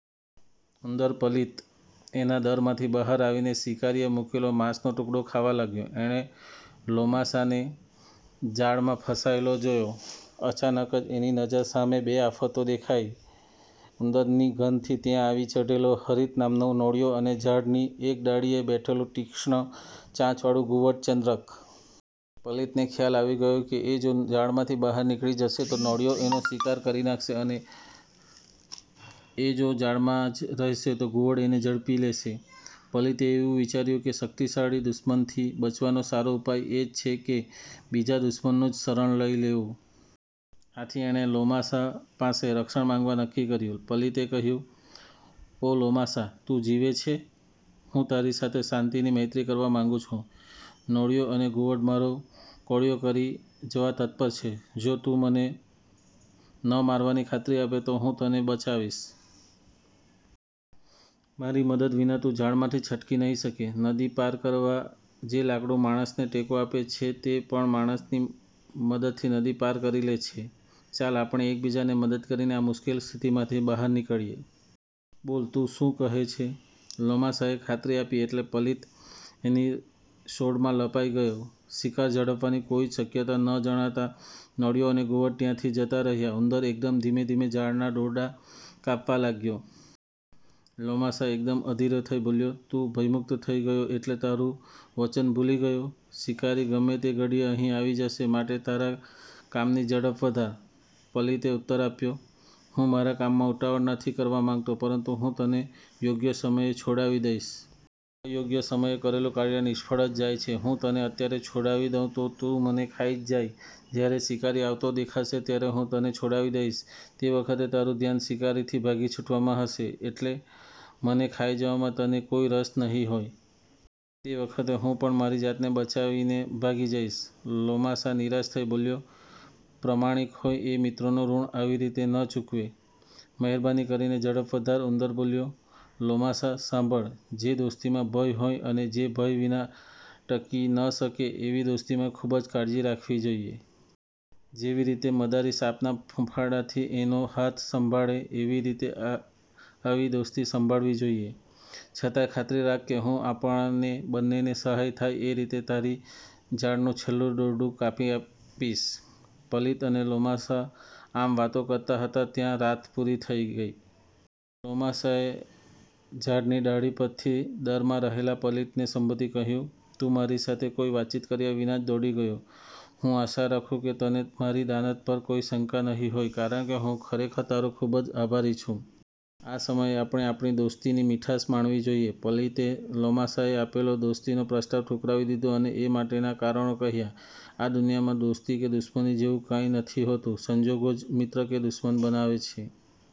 ઉંદર પલિત એના દરમાંથી બહાર આવીને શિકારીએ મુકેલો માંસનો ટુકડો ખાવા લાગ્યો. એણે લોમાસાને। જાળમાં ફસાયેલો જોયો. અચાનક જ એની નજર સામે બે આફતો દેખાઈ. ઉંદરની ગંધથી ત્યાં આવી ચઢેલો હરિત નામનો નોળિયો અને ઝાડની એક ડાળીએ બેઠેલું તીક્ષ્ણ ચાંચ વાળું ઘુવડ ચંદ્રક. પલિતને ખ્યાલ આવી ગયો કે એ જો જાળમાંથી બહાર નીકળી જશે તો નોળિયો એનો શિકાર કરી નાંખશે અને એ જો જાળમાં જ રહેશે તો ઘુવડ એને ઝડપી લેશે. પલિતે એવું વિચાર્યું કે શક્તિશાળી દુશ્મનથી બચવાનો સારો ઉપાય એ જ છે કે બીજા દુશ્મનનું જ શરણ લઇ લેવું. આથી એણે લોમાસા પાસે રક્ષણ માંગવા નક્કી કર્યું. પલિતે કહ્યું, "ઓ લોમાસા, તું જીવે છે? હું તારી સાથે શાંતિની મૈત્રી કરવા માંગું છું. નોળિયો અને ઘુવડ મારો કોળીયો કરી જવા તત્પર છે. જો તું મને ન મારવાની ખાતરી આપે તો હું તને બચાવીશ. મારી મદદ વિના તું જાળમાંથી છટકી નહીં શકે. નદી પાર કરવા જે લાકડું માણસને ટેકો આપે છે તે પણ માણસની મદદથી નદી પાર કરી લે છે. ચાલ, આપણે એક બીજાને મદદ કરીને આ મુશ્કેલ સ્થિતિમાંથી બહાર નીકળીએ. બોલ, તું શું કહે છે? " લોમાસાએ ખાતરી આપી એટલે પલિત એની સોડમાં લપાઈ ગયો. શિકાર ઝડપવાની કોઈ જ શક્યતા ન જણાતાં નોળિયો અને ઘુવડ ત્યાંથી જતા રહ્યા. ઉંદર એકદમ ધીમે ધીમે જાળના દોરડા કાપવા લાગ્યો. લોમાસા એકદમ અધીરો થઇ બોલ્યો. "તું ભયમુક્ત થઇ ગયો એટલે તારું વચન ભૂલી ગયો? શિકારી ગમે તે ઘડીએ અહીં આવી જશે માટે તારા કામની ઝડપ વધાર". પલિતે ઉત્તર આપ્યો,"હું મારા કામમાં ઉતાવળ નથી કરવા માંગતો પરંતુ હું તને યોગ્ય સમયે છોડાવી દઈશ. અયોગ્ય સમયે કરેલું કાર્ય નિષ્ફળ જ જાય છે. હું તને અત્યારે છોડાવી દઉં તો તું મને ખાઈ જ જાય. જયારે શિકારી આવતો દેખાશે ત્યારે હું તને છોડાવી દઈશ. તે વખતે તારું ધ્યાન શિકારીથી ભાગી છૂટવામાં હશે એટલે મને ખાઈ જવામાં તને કોઈ રસ નહીં હોય. તે વખતે હું પણ મારી જાતને બચાવીને ભાગી જઈશ". લોમાસા નિરાશ થઇ બોલ્યો, "પ્રમાણિક હોય એ મિત્રોનું ઋણ આવી રીતે ન ચૂકવે. મહેરબાની કરીને ઝડપ વધાર". ઉંદર બોલ્યો, "લોમાસા, સાંભળ. જે દોસ્તીમાં ભય હોય અને જે ભય વિના ટકી ન શકે એવી દોસ્તીમાં ખુબ જ કાળજી રાખવી જોઈએ. જેવી રીતે મદારી સાપના ફૂંફાડાથી એનો હાથ સંભાળે એવી રીતે આવી દોસ્તી સંભળાવી જોઈએ. છતાં ખાતરી રાખ કે હું આપણને બંનેને સહાય થાય એ સમયે તારી જાળનું છેલ્લું દોરડું કાપી આપીશ". પલિત અને લોમાસા આમ વાતો કરતા હતા ત્યાં રાત પૂરી થઇ. લોમાસાએ ઝાડની ડાળી પરથી દરમાં રહેલા પલિતને સંબોધી કહ્યું, "તું મારી સાથે કોઈ વાતચીત કર્યા વિના જ દોડી ગયો. હું આશા રાખું કે તને મારી દાનત પર કોઈ શંકા નહીં હોય કારણકે હું ખરેખર તારો ખુબ જ આભારી છું. આ સમયે આપણે આપણી દોસ્તીની મીઠાશ માણવી જોઈએ". પલિતે લોમાસાએ આપેલો દોસ્તીનો પ્રસ્તાવ ઠુકરાવી દીધો અને એ માટેના કારણો કહ્યા. આ દુનિયામાં દોસ્તી કે દુશ્મની જેવું કાંઈ નથી હોતું. સંજોગો જ મિત્ર કે દુશ્મન બનાવે છે.